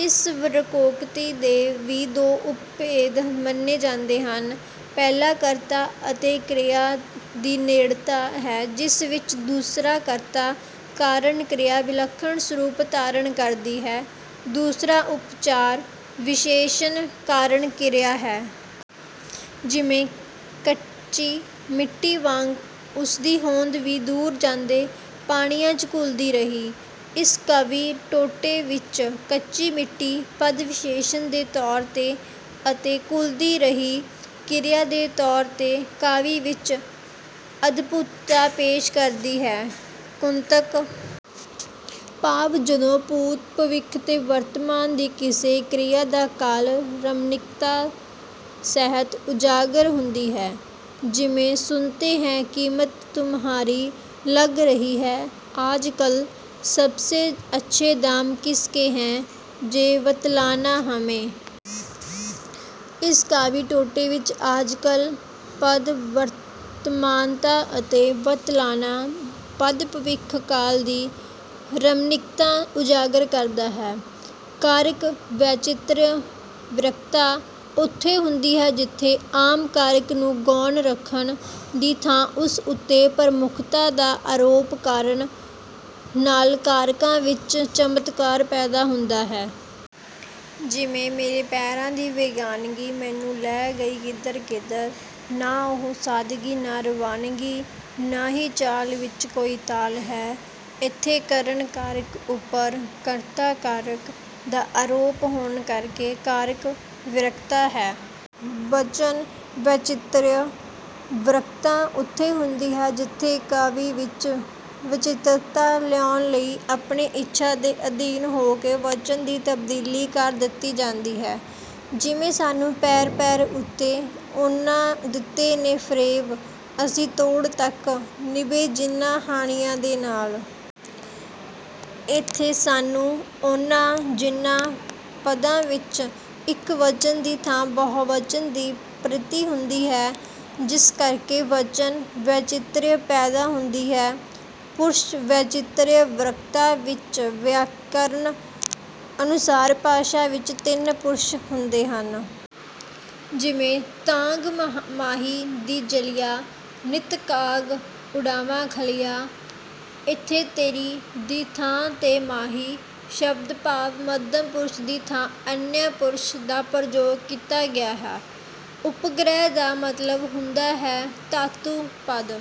ਇਸ ਵਕ੍ਰੋਕਤੀ ਦੇ ਵੀ ਦੋ ਉਪਭੇਦ ਮੰਨੇ ਜਾਂਦੇ ਹਨ। ਪਹਿਲਾ ਕਰਤਾ ਅਤੇ ਕ੍ਰਿਆ ਦੀ ਨੇੜਤਾ ਹੈ ਜਿਸ ਵਿੱਚ ਦੂਸਰੇ ਕਰਤਾ ਕਾਰਨ ਕ੍ਰਿਆ ਵਿਲੱਖਣ ਸਰੂਪ ਧਾਰਨ ਕਰਦੀ ਹੈ। ਦੂਸਰਾ ਉਪਚਾਰ ਵਿਸ਼ੇਸ਼ਣ ਕਾਰਨ ਕਿਰਿਆ ਹੈ। ਜਿਵੇਂ "ਕੱਚੀ ਮਿੱਟੀ ਵਾਂਗ ਉਸਦੀ ਹੋਂਦ ਵੀ ਦੂਰ ਜਾਂਦੇ ਪਾਣੀਆਂ 'ਚ ਘੁਲਦੀ ਰਹੀ"। ਇਸ ਕਾਵਿ ਟੋਟੇ ਵਿੱਚ 'ਕੱਚੀ ਮਿੱਟੀ' ਪਦ ਵਿਸ਼ੇਸ਼ਣ ਦੇ ਤੌਰ 'ਤੇ ਅਤੇ 'ਘੁਲਦੀ ਰਹੀ' ਕਿਰਿਆ ਦੇ ਤੌਰ 'ਤੇ ਕਾਵਿ ਵਿੱਚ ਅਦਭੁਤਤਾ ਪੇਸ਼ ਕਰਦੀ ਹੈ। ਕੁੰਤਕ ਭਾਵ ਜਦੋਂ ਭੂਤ, ਭਵਿੱਖ ਤੇ ਵਰਤਮਾਨ ਦੀ ਕਿਸੇ ਕ੍ਰਿਆ ਦਾ ਕਾਲ ਰਮਣੀਕਤਾ ਸਹਿਤ ਉਜਾਗਰ ਹੁੰਦਾ ਹੈ। ਜਿਵੇਂ "ਸੁਨਤੇ ਹੈਂ ਕੀਮਤ ਤੁਮਹਾਰੀ ਲੱਗ ਰਹੀ ਹੈ ਆਜ-ਕਲ, ਸਬ ਸੇ ਅੱਛੇ ਦਾਮ ਕਿਸ ਕੇ ਹੈਂ, ਯੇ ਬਤਲਾਨਾ ਹਮੇ"। ਇਸ ਕਾਵਿ ਟੋਟੇ ਵਿੱਚ 'ਆਜ-ਕਲ' ਪਦ ਵਰਤਮਾਨਤਾ ਅਤੇ 'ਬਤਲਾਨਾ' ਪਦ ਭਵਿੱਖ ਕਾਲ ਦੀ ਰਮਣੀਕਤਾ ਉਜਾਗਰ ਕਰਦਾ ਹੈ। ਕਾਰਕ ਵੈਚਿਤ੍ਰਯ ਵਕ੍ਰਤਾ ਉੱਥੇ ਹੁੰਦੀ ਹੈ ਜਿੱਥੇ ਆਮ ਕਾਰਕ ਨੂੰ ਗੌਣ ਰੱਖਣ ਦੀ ਥਾਂ ਉਸ ਉੱਤੇ ਪ੍ਰਮੁੱਖਤਾ ਦਾ ਆਰੋਪ ਕਰਨ ਨਾਲ ਕਾਰਕਾਂ ਵਿੱਚ ਚਮਤਕਾਰ ਪੈਦਾ ਹੁੰਦਾ ਹੈ। ਜਿਵੇਂ "ਮੇਰੇ ਪੈਰਾਂ ਦੀ ਬੇਗਾਨਗੀ ਮੈਨੂੰ ਲੈ ਗਈ ਕਿੱਧਰ-ਕਿੱਧਰ। ਨਾ ਉਹ ਸਾਦਗੀ ਨਾ ਰਵਾਨਗੀ ਨਾ ਹੀ ਚਾਲ ਵਿੱਚ ਕੋਈ ਤਾਲ ਹੈ"। ਇੱਥੇ 'ਕਰਨ ਕਾਰਕ' ਉੱਪਰ 'ਕਰਤਾ ਕਾਰਕ' ਦਾ ਆਰੋਪ ਹੋਣ ਕਾਰਨ 'ਕਾਰਕ ਵਕ੍ਰਤਾ' ਹੈ। ਵਚਨ ਵੈਚਿਤ੍ਰਯ ਵਕ੍ਰਤਾ ਉੱਥੇ ਹੁੰਦੀ ਹੈ ਜਿੱਥੇ ਕਾਵਿ ਵਿੱਚ ਵਿਚਿਤ੍ਰਤਾ ਲਿਆਉਣ ਲਈ ਆਪਣੀ ਇੱਛਾ ਦੇ ਅਧੀਨ ਹੋ ਕੇ ਵਚਨ ਦੀ ਤਬਦੀਲੀ ਕਰ ਦਿੱਤੀ ਜਾਂਦੀ ਹੈ। ਜਿਵੇਂ "ਸਾਨੂੰ ਪੈਰ-ਪੈਰ ਉਤੇ ਉਨ੍ਹਾਂ ਦਿੱਤੇ ਨੇ ਫਰੇਬ, ਅਸੀਂ ਤੋੜ ਤੱਕ ਨਿਭੇ ਜਿਹਨਾਂ ਹਾਣੀਆਂ ਦੇ ਨਾਲ"। ਇੱਥੇ 'ਸਾਨੂੰ', 'ਉਹਨਾਂ', 'ਜਿਹਨਾਂ' ਪਦਾਂ ਵਿੱਚ ਇਕ ਵਚਨ ਦੀ ਥਾਂ ਬਹੁਵਚਨ ਦੀ ਪ੍ਰਤੀ ਹੁੰਦੀ ਹੈ ਜਿਸ ਕਰਕੇ ਵਚਨ ਵੈਚਿਤ੍ਰਯ ਪੈਦਾ ਹੁੰਦੀ ਹੈ। ਪੁਰਸ਼ ਵੈਚਿਤ੍ਰਯ ਵਕ੍ਰਤਾ ਵਿੱਚ ਵਿਆਕਰਣ ਅਨੁਸਾਰ ਭਾਸ਼ਾ ਵਿੱਚ ਤਿੰਨ ਪੁਰਸ਼ ਹੁੰਦੇ ਹਨ। ਜਿਵੇਂ "ਤਾਂਘ ਮਾਹੀ ਦੀ ਜਲੀਆਂ ਨਿੱਤ ਕਾਗ ਉਡਾਵਾਂ ਖਲੀਆਂ"। ਇੱਥੇ 'ਤੇਰੀ' ਦੀ ਥਾਂ ਤੇ 'ਮਾਹੀ' ਸ਼ਬਦ ਭਾਵ ਮੱਧਮ ਪੁਰਸ਼ ਦੀ ਥਾਂ 'ਅਨਯ ਪੁਰਸ਼' ਦਾ ਪ੍ਰਯੋਗ ਕੀਤਾ ਗਿਆ ਹੈ। ਉਪਗ੍ਰਹਿ ਦਾ ਮਤਲਬ ਹੁੰਦਾ ਹੈ ਧਾਤੂ-ਪਦ।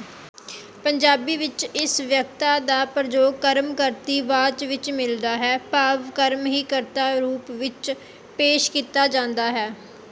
ਪੰਜਾਬੀ ਵਿੱਚ ਇਸ ਵਕ੍ਰਤਾ ਦਾ ਪ੍ਰਯੋਗ ਕਰਮ-ਕਰਤਰੀ ਵਾਚ ਵਿੱਚ ਮਿਲਦਾ ਹੈ ਭਾਵ ਕਰਮ ਹੀ ਕਰਤਾ ਰੂਪ ਵਿੱਚ ਪੇਸ਼ ਕੀਤਾ ਜਾਂਦਾ ਹੈ।